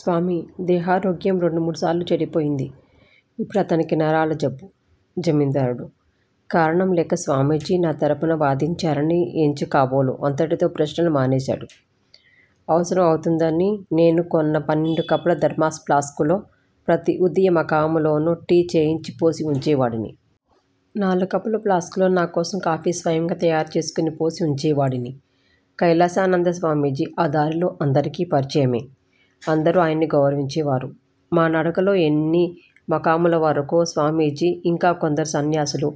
స్వామి: దేహారోగ్యం రెండుమూడుసారులు చెడిపోయింది. ఇప్పుడాతనికి నరాల జబ్బు. జమీందారుడు, కారణంలేక స్వామీజీ నా తరపున వాదించరని ఎంచి కాబోలు అంతటితో ప్రశ్నలు మానేశాడు. అవసరం అవుతుందని నేను కొన్న పన్నెండు కప్పుల ధర్మాస్ ప్లాస్క్ లో ప్రతి ఉదయ మకాములోనూ టీ చేయించి పోసి ఉంచేవాడిని. నాలుగు కప్పుల ప్లాస్క్ లో, నా కోసం కాఫీ స్వయంగా తయారుచేసుకొని పోసి ఉంచేవాడిని. కైలాసానంద స్వామీజీ ఆ దారిలో అందరికి పరిచయయే అందరు ఆయన్ను గౌరవించేవారు. మా నడకలో ఎన్ని మకాములవరకో స్వామీజీ ఇంకా కొందరు సన్యాసులూ,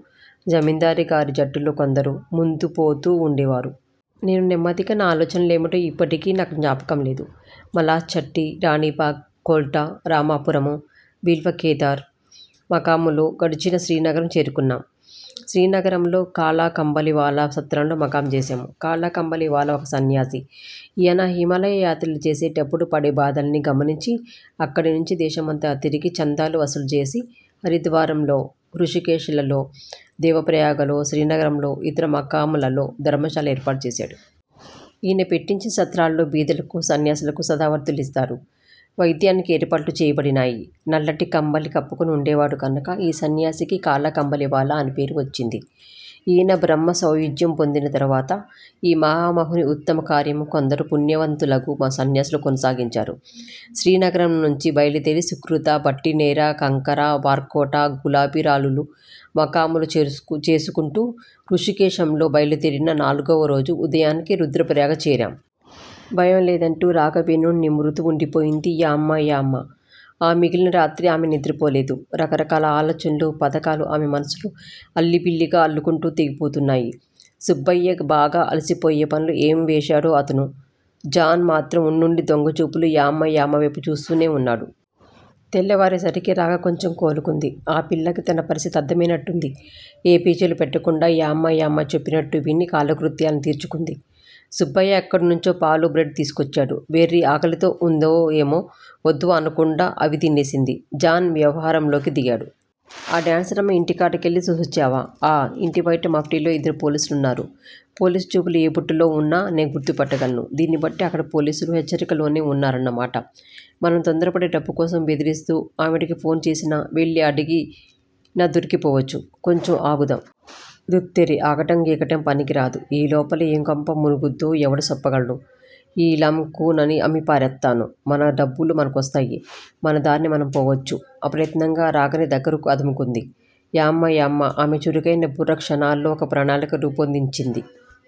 జమీందారుగారి జట్టులో కొందరూ ముందుపోతూ ఉండేవారు. నేను నెమ్మదిగా నా ఆలోచన లేమిటో ఇప్పటికీ నాకు జ్ఞాపకం లేవు. మలాస్ చట్టీ, రాణీబాగ్, కొల్టా, రామాపురం, బిల్వకేదార్ మకాములు గడిచి శ్రీనగరం చేరుకున్నాము. శ్రీనగరంలో కాలాకంబళీ వాలా సత్రంలో మకాము చేశాము. కలాకంబళీవాలా ఒక సన్యాసి. ఈయన హిమాలయ యాత్రలు చేసేటప్పుడు పడేభాదల్ని గమనించి, అక్కడినుంచి దేశమంతా తిరిగి చందాలు వసూలుచేసి, హరిద్వారంలో, హృషీకేశంలో, దేవప్రయాగలో, శ్రీనగరంలో, ఇతర మకాములలో ధర్మశాల లేర్పాటు చేశాడు. ఈయన పెట్టించిన సత్రాలలో బీదలకు, సన్యాసులకు సదావర్తులిస్తారు. వైద్యానికీ ఏర్పాటులు చేయబడినాయి. నల్లటి కంబళీ కప్పుకుని ఉండేవాడు గనుక ఈ సన్యాసికి కాలాకంబళీవాలా అని పేరు వచ్చింది. ఈయన బ్రహ్మసాయుజ్యం పొందిన తరువాత, ఈ మహామహుని ఉత్తమకార్యం కొందరు పుణ్యవంతులగు సన్యాసులు కొనసాగించారు. శ్రీనగరంనుంచి బయలుదేరి సుకృత, భట్టినేర, కంకార, వార్కోట, గులాటిరాలులు మకాములు చేసుకుంటూ హృషీకేశంలో బయలుదేరిన నాల్గవరోజు ఉదయానికి రుద్రప్రయాగచేరాం. భయం లేదన్నట్లు రాగ వెన్నుని నిమురుతూ వుండిపోయింది యమ్మాయమ్మ ఆ మిగిలిన రాత్రి ఆమె నిద్ర పోలేడు. రకరకాల ఆలోచనలు పధకాలు ఆమె మనమ్సులో అల్లిబిల్లిగా అల్లుకుంటూ తెగిపోతున్నాయి. సుబ్బయ్య బాగా అలిసిపోయే పనులు ఏం వేశాడో అతను. జాన్ మాత్రం వుండుండి దొంగచూపులు యమ్మాయమ్మ వేపు చూస్తూనే వున్నాడు. తెల్లావారే సరిగి రాగ కొంచెం కోలుకుంది. ఆ పిల్లకి తన పరిస్థితి అర్ధమైనట్లుంది. ఏ పేచీలు పెట్టకుండా యమ్మాయమ్మ చెప్పినట్లు విని కాలకృత్యాలన్ని తీర్చుకుంది. సుబ్బయ్య ఎక్కడ్నుంచో పాలు బ్రెడ్ తీసుకొచ్చాడు. వెర్రి ఆకలితో వుందేమో వద్దు అనకుండా అవి తినేసింది. జాన్ వ్యవహారంలోకి దిగాడు. ఆ డాన్సరమ్మ ఇంటికాడకెళ్ళి సూసోచ్చావా? ఆ! ఇంటి బయట మఫ్టిలో యిద్దరూ పోలీసులున్నారు పోలీసుచూపులు ఏ బుట్టలో వున్నానే గుర్తుపట్టగలను. దీన్ని బట్టి అక్కడ పోలీసులు హెచ్చరికలోనే వున్నారన్నమాట. మనం తొందరపడి డబ్బు కోసం బెదిరిస్తూ ఆవిడకి ఫోన్ చేసినా, వెళ్ళీ అడిగినా దొరికిపోవచ్చు కొంచెం ఆగుదాం. ధూత్తేరి! ఆగటం గిగటం పనికి రాదు. ఈ లోపల ఏం కొంప మునుగుద్దో ఎవడు సేప్పగలడు? ఈ లం కూనని అమ్మి పారేత్తాను. మన డబ్బులు మనకొస్తాయి. మనదారిని మనం పోవచ్చు. ఆప్రయత్నంగా రాగని దగ్గరికి అదుముకుంది యమ్మాయమ్మ ఆమె చురుకైన బుర్ర క్షణాలలో ఒక ప్రణాళిక రూపొందించింది.